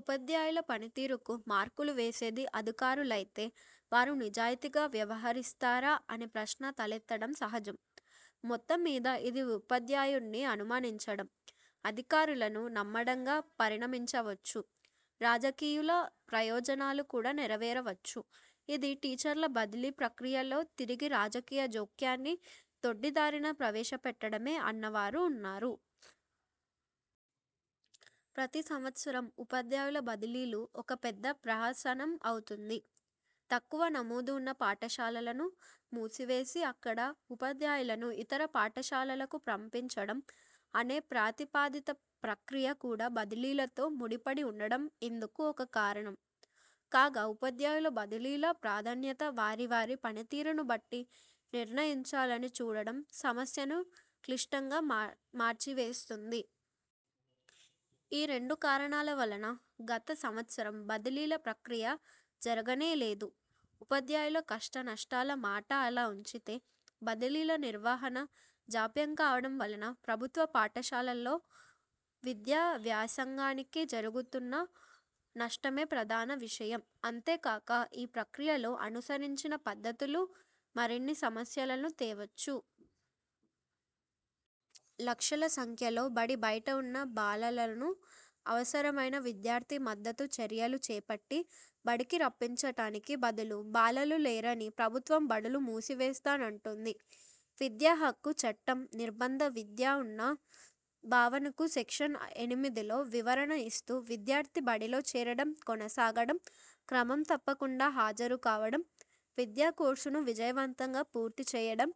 ఉపాధ్యాయుల పనితీరుకు మార్కులు వేసేది అధికారులైతే వారు నిజాయితీగా వ్యవహరిస్తారా అనే ప్రశ్న తలెత్తడం సహజం. మొత్తం మీద ఇది ఉపాధ్యాయుడ్ని అనుమానించడం, అధికారులను నమ్మడంగా పరిణమించవచ్చు. రాజకీయుల ప్రయోజనాలు కూడా నెరవేరవచ్చు. ఇది టీచర్ల బదిలీ ప్రక్రియలో తిరిగి రాజకీయ జోక్యాన్ని దొడ్డిదారిన ప్రవేశపెట్టడమే అన్నవారూ ఉన్నారు. ప్రతి సంవత్సరం ఉపాధ్యాయుల బదిలీలు ఒక పెద్ద ప్రహసనం అవుతుంది. తక్కువ నమోదు ఉన్న పాఠశాలలను మూసివేసి అక్కడ ఉపాధ్యాయులను ఇతర పాఠశాలలకు పంపించడం అనే ప్రతిపాదిత ప్రక్రియ కూడా బదిలీలతో ముడిపడి ఉండడం ఇందుకు ఒక కారణం కాగా ఉపాధ్యాయుల బదిలీల ప్రాధాన్యత వారి వారి పనితీరును బట్టి నిర్ణయించాలని చూడడం సమస్యను క్లిష్టంగా మార్చివేస్తూంది. ఈ రెండు కారణాల వలన గత సంవత్సరం బదిలీల ప్రక్రియ జరగనేలేదు. ఉపాధ్యాయుల కష్టనష్టాల మాట అలా ఉంచితే బదిలీల నిర్వహణ జాప్యం కావడం వలన ప్రభుత్వ పాఠశాలలలో విద్యా వ్యాసాంగానికి జరుగుత్ను నష్టమే ప్రధాన విషయం. అంతేకాక, ఈ ప్రక్రియలో అనుసరించిన పద్ధతులు మరిన్ని సమస్యలను తేవచ్చు. లక్షల సంఖ్యలో బడి బయట ఉన్న బాలలను అవసరమైన విద్యార్థి మద్దతు చర్యలు చేపట్టి బడికి రప్పించడానికి బదులు బాలలు లేరని ప్రభుత్వం బడులు మూసివేస్తానంటుంది. 'విద్యాహక్కు చట్టం' నిర్బంధ విద్య అన్న భావనకు సెక్షన్ ఎనిమిదిలో వివరణ ఇస్తూ 'విద్యార్థి బడిలో చేరడం, కొనసాగడం, క్రమం తప్పకుండా హాజరు కావడం, విద్యా కోర్సును విజయవంతంగా పూర్తి చేయడం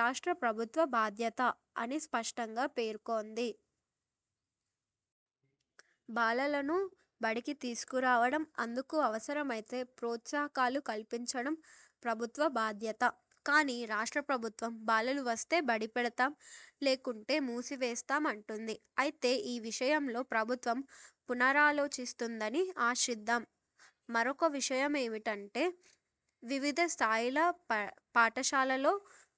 రాష్ట్ర ప్రభుత్వ బాధ్యత' అని స్పష్టంగా పేర్కొంది. బాలలను బడికి తీసుకురావడం, అందుకు అవసరమైతే ప్రోత్సకాలు కల్పించడం ప్రభుత్వ బాధ్యత. కాని, రాష్ట్ర ప్రభుత్వం బాలలు వస్తే బడిపెడతాం లేకుంటే మూసివేస్తాం అంటుంది. అయితే ఈ విషయంలో ప్రభుత్వం పునరాలోచిస్తుందని ఆశిద్దాం. మరొక విషయమేమంటే వివిధ స్థాయిల పాఠశాలలలో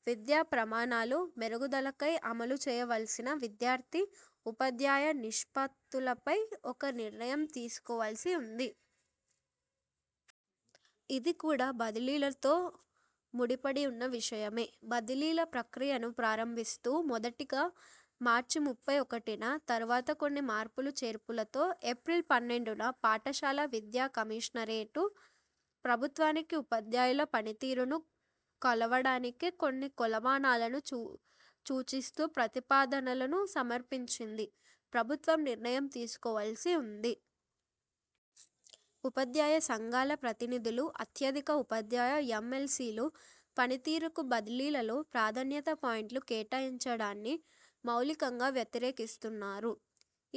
విద్యా ప్రమాణాల మెరుగుదలకై అమలు చేయవలసిన విద్యార్థి, ఉపాధ్యాయ నిష్పత్తులపై ఒక నిర్ణయం తీసుకోవలసి ఉంది. ఇది కూడా బదిలీలతో ముడిపడి ఉన్న విషయమే. బదిలీల ప్రక్రియను ప్రారంభిస్తూ మొదటిగా మార్చి ముప్పై ఒకటిన, తరువాత కొన్ని మార్పులు చేర్పులతో ఏప్రిల్ పన్నెండున పాఠశాల విద్యా కమీషనరేటు ప్రభుత్వానికి ఉపాధ్యాయుల పనితీరును కొలవడానికి కొన్ని కొలమానాలను చూచిస్తూ ప్రతిపాదనలను సమర్పించింది. ప్రభుత్వం నిర్ణయం తీసుకోవలసి ఉంది. ఉపాధ్యాయ సంఘాల ప్రతినిధులు, అత్యధిక ఉపాధ్యాయ యం. యల్. సి లు పనితీరుకు బదిలీలలో ప్రాధాన్యతా పాయింట్లు కేటాయించడాన్ని మౌలికంగా వ్యతిరేకిస్తూన్నారు.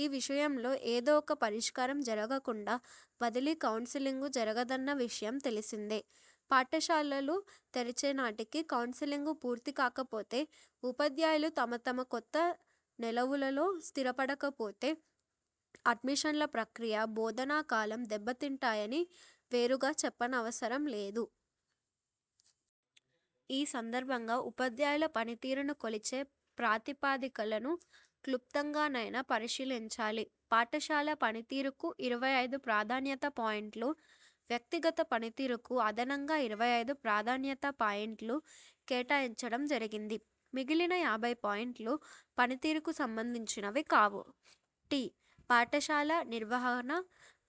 ఈ విషయంలో ఏదో ఒక పరిష్కారం జరగకుండా బదిలీ కౌన్సిలింగు జరగదన్న విషయం తెలిసిందే. పాఠశాలలు తెరిచేనాటికి కౌన్సిలింగు పూర్తికాకపోతే, ఉపాధ్యాయులు తమ తమ కొత్త నెలవులలో స్థిరపడకపోతే అడ్మిషన్ల ప్రక్రియ, బోధనాకాలం దెబ్బతింటాయని వేరుగా చెప్పనవసరంలేదు. ఈ సందర్భంగా ఉపాధ్యాయుల పనితీరును కొలిచే ప్రాతిపదికలను క్లుప్తంగానైనా పరిశీలించాలి. పాఠశాల పనితీరుకు ఇరవై ఐదు ప్రాధాన్యతా పాయింట్లు, వ్యక్తిగత పనితీరుకు అదనంగా ఇరవై ఐదు ప్రాధాన్యతా పాయింట్లు కేటాయించడం జరిగింది. మిగిలిన యాభై పాయింట్లు పనితీరుకు సంబంధించినవి కావు. టి. పాఠశాల నిర్వహణ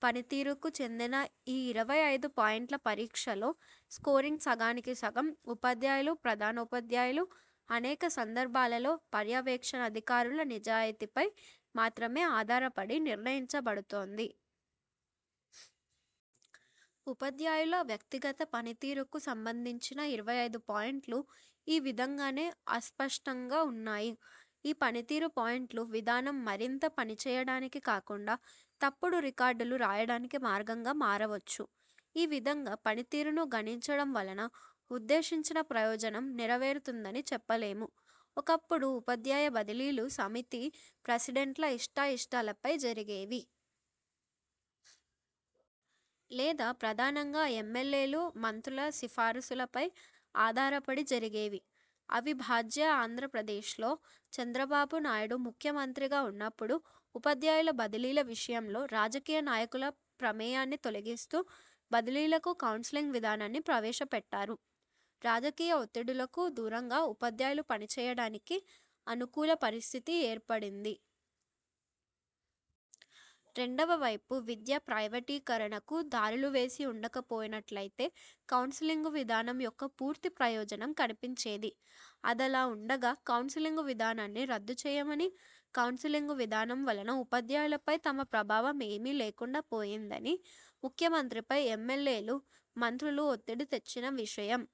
పనితీరుకు చెందిన ఈ ఇరవై ఐదు పాయింట్ల పరీక్షలో స్కోరింగ్ సగానికి సగం ఉపాధ్యాయులు, ప్రధానోపాధ్యాయులు, అనేక సందర్భాలలో పర్యవేక్షణాధికారుల నిజాయితీపై మాత్రమే ఆధారపడి నిర్ణయంచబడుతుంది. ఉపాధ్యాయుల వ్యక్తిగత పనితీరుకు సంబంధించిన ఇరవై ఐదు పాయింట్లు ఈ విధంగానే అస్పష్టంగా ఉన్నాయి. ఈ పనితీరు పాయింట్లు విధానం మరింత పనిచేయడానికి కాకుండా తప్పుడు రికార్డులు రాయడానికి మార్గంగా మారవచ్చు. ఈ విధంగా పనితీరును గణించడం వలన ఉద్దేశించిన ప్రయోజనం నెరవేరుతుందని చెప్పలేము. ఒకప్పుడు ఉపాధ్యాయ బదిలీలు సమితి ప్రెసిడెంట్ల ఇష్టాయిష్టాలపై జరిగేవి. లేదా ప్రధానంగా యం. యల్. ఎలు, మంత్రుల సిఫారసులపై ఆధారపడి జరిగేవి. అవిభాజ్య ఆంధ్ర ప్రదేశ్లో చంద్రబాబు నాయుడు ముఖ్య మంత్రిగా ఉన్నప్పుడు ఉపాధ్యాయుల బదిలీల విషయంలో రాజకీయ నాయకుల ప్రమేయాన్ని తొలగిస్తూ బదిలీలకు కౌన్సిలింగ్ విధానాన్ని ప్రవేశపెట్టారు. రాజకీయ ఒత్తిడులకు దూరంగా ఉపాధ్యాయులు పనిచేయడానికి అనుకూల పరిస్థితి ఏర్పడింది. రెండవ వైపు విద్య ప్రైవేటీకరణకు దారులువేసి ఉండకపోయినట్లైతే కౌన్సిలింగు విధానం యొక్క పూర్తి ప్రయోజనం కనిపించేది. అదలా ఉండగా కౌన్సిలింగు విధానాన్ని రద్దుచేయమని, కౌన్సిలింగు విధానం వలన ఉపాధ్యాయులపై తమ ప్రభావం ఏమీ లేకుండా పోయిందని ముఖ్యమంత్రిపై యం. యల్. ఎలు, మంత్రులు ఒత్తిడి తెచ్చిన విషయం